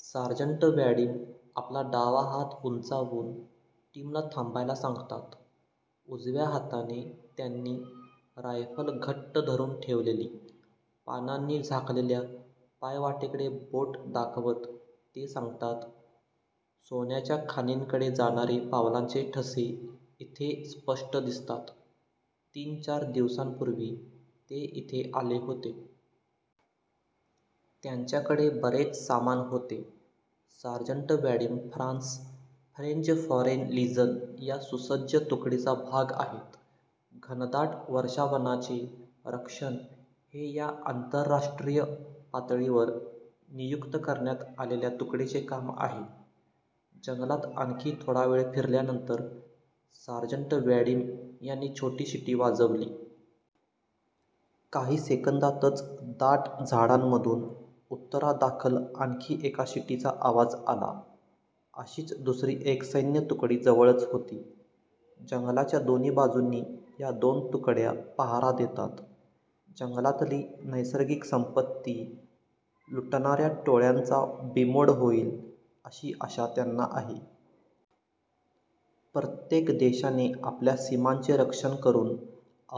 Sergeant Vadim आपला डावा हात उंचावून टीमला थांबायला सांगतात. उजव्या हाताने त्यांनी रायफल घट्ट धरून ठेवलेली. पानांनी झाकलेल्या पायवाटेकडे बोट दाखवत ते सांगतात, "सोन्याच्या खाणींकडे जाणारे पावलांचे ठसे इथे स्पष्ट दिसतात. तीन-चार दिवसांपूर्वी ते इथे आले होते. त्यांच्याकडे बरेच सामान होते." Sergeant Vadim France 'French foreign legion' या सुसज्ज तुकडीचा भाग आहेत. घनदाट वर्षावनाचे रक्षण हे या आंतरराष्ट्रीय पातळीवर नियुक्त करण्यात आलेल्या तुकडीचे काम आहे. जंगलात आणखी थोडा वेळ फिरल्यानंतर सार्जंट वॅडिम यांनी छोटी शिटी वाजवली. काही सेकंदांतच दाट झाडांमधून उत्तरादाखल आणखी एका शिटीचा आवाज आला. अशीच दुसरी एक सैन्यतुकडी जवळच होती. जंगलाच्या दोन्ही बाजूंनी या दोन तुकड्या पहारा देतात. जंगलातली नैसर्गिक संपत्ती लुटणाऱ्या टोळ्यांचा बीमोड होईल, अशी आशा त्यांना आहे. "प्रत्येक देशाने आपल्या सीमांचे रक्षण करून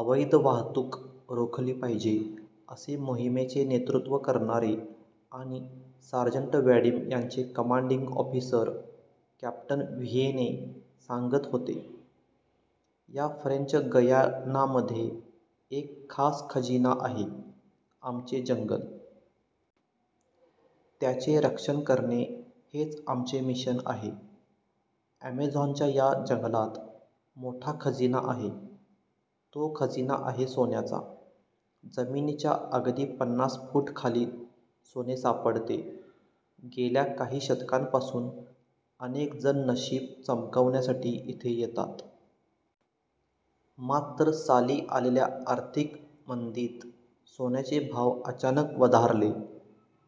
अवैध वाहतूक रोखली पाहिजे," असे मोहिमेचे नेतृत्व करणारे आणि सार्जंट वॅडिम यांचे कमांडिंग ऑफिसर कॅप्टन व्हिएने सांगत होते. "या फ्रेंच गयानामध्ये एक खास खजिना आहे. आमचे जंगल. त्याचे रक्षण करणे हेच आमचे मिशन आहे." अमेझॉनच्या या जंगलात मोठा खजिना आहे. तो खजिना आहे सोन्याचा. जमिनीच्या अगदी पन्नास फूट खाली सोने सापडते. गेल्या काही शतकांपासून अनेक जण नशीब चमकवण्यासाठी इथे येतात. मात्र साली आलेल्या आर्थिक mंदीत सोन्याचे भाव अचानक वधारले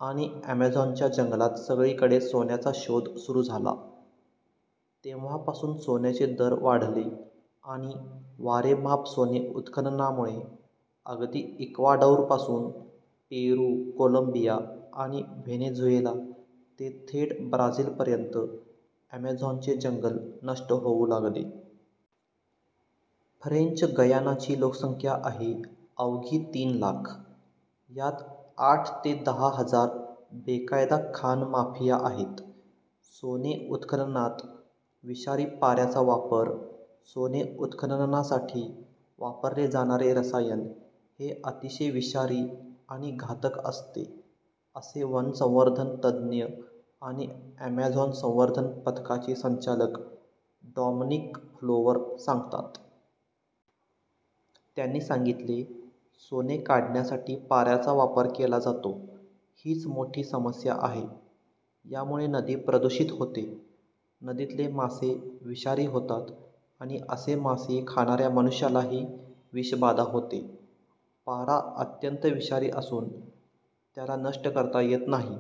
आणि ॲमेझॉनच्या जंगलात सगळीकडे सोन्याचा शोध सुरू झाला. तेव्हापासून सोन्याचे दर वाढले आणि वारेमाप सोने उत्खननामुळे अगदी इक्वाडोरपासून पेरू, कोलंबिया आणि व्हेनेझुएला ते थेट ब्राझीलपर्यंत ॲमेझॉनचे जंगल नष्ट होऊ लागले. फ्रेंच गयानाची लोकसंख्या आहे अवघी तीन लाख. यात आठ ते दहा हजार बेकायदा खाण माफिया आहेत. सोने उत्खननात विषारी पाऱ्याचा वापर - सोने उत्खननासाठी वापरले जाणारे रसायन हे अतिशय विषारी आणि घातक असते, असे वनसंवर्धन तज्ज्ञ आणि ॲमेझॉन संवर्धन पथकाचे संचालक डॉमनिक प्लोवर सांगतात. त्यांनी सांगितले, "सोने काढण्यासाठी पाऱ्याचा वापर केला जातो. हीच मोठी समस्या आहे. यामुळे नदी प्रदूषित होते. नदीतले मासे विषारी होतात आणि असे मासे खाणाऱ्या मनुष्यालाही विषबाधा होते." पारा अत्यंत विषारी असून त्याला नष्ट करता येत नाही.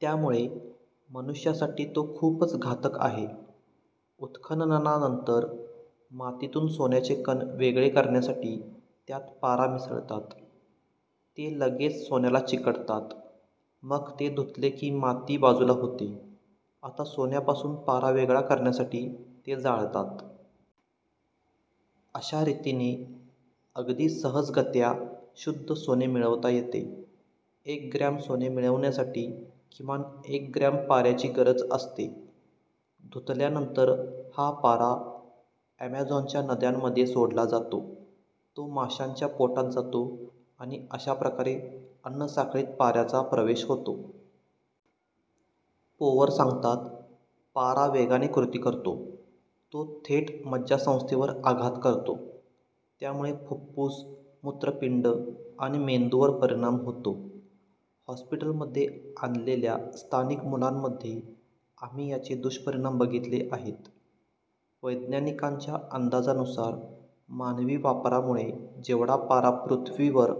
त्यामुळे मनुष्यासाठी तो खूपच घातक आहे. उत्खननानंतर मातीतून सोन्याचे कण वेगळे करण्यासाठी त्यात पारा मिसळतात. ते लगेच सोन्याला चिकटतात. मग ते धुतले की माती बाजूला होते. आता सोन्यापासून पारा वेगळा करण्यासाठी ते जाळतात. अशा रीतीने अगदी सहजगत्या शुद्ध सोने मिळवता येते. एक ग्रॅम सोने मिळवण्यासाठी किमान एक ग्रॅम पाऱ्याची गरज असते. धुतल्यानंतर हा पारा ॲमेझॉनच्या नद्यांमध्ये सोडला जातो. तो माशांच्या पोटात जातो आणि अशा प्रकारे अन्नसाखळीत पाऱ्याचा प्रवेश होतो. पोवर सांगतात, "पारा वेगाने कृती करतो. तो थेट मज्जासंस्थेवर आघात करतो. त्यामुळे फुप्फुस, मूत्रपिंड आणि मेंदूवर परिणाम होतो. हॉस्पिटलमध्ये आणलेल्या स्थानिक मुलांमध्ये आम्ही याचे दुष्परिणाम बघितले आहेत." वैज्ञानिकांच्या अंदाजानुसार मानवी वापरामुळे जेवढा पारा पृथ्वीवर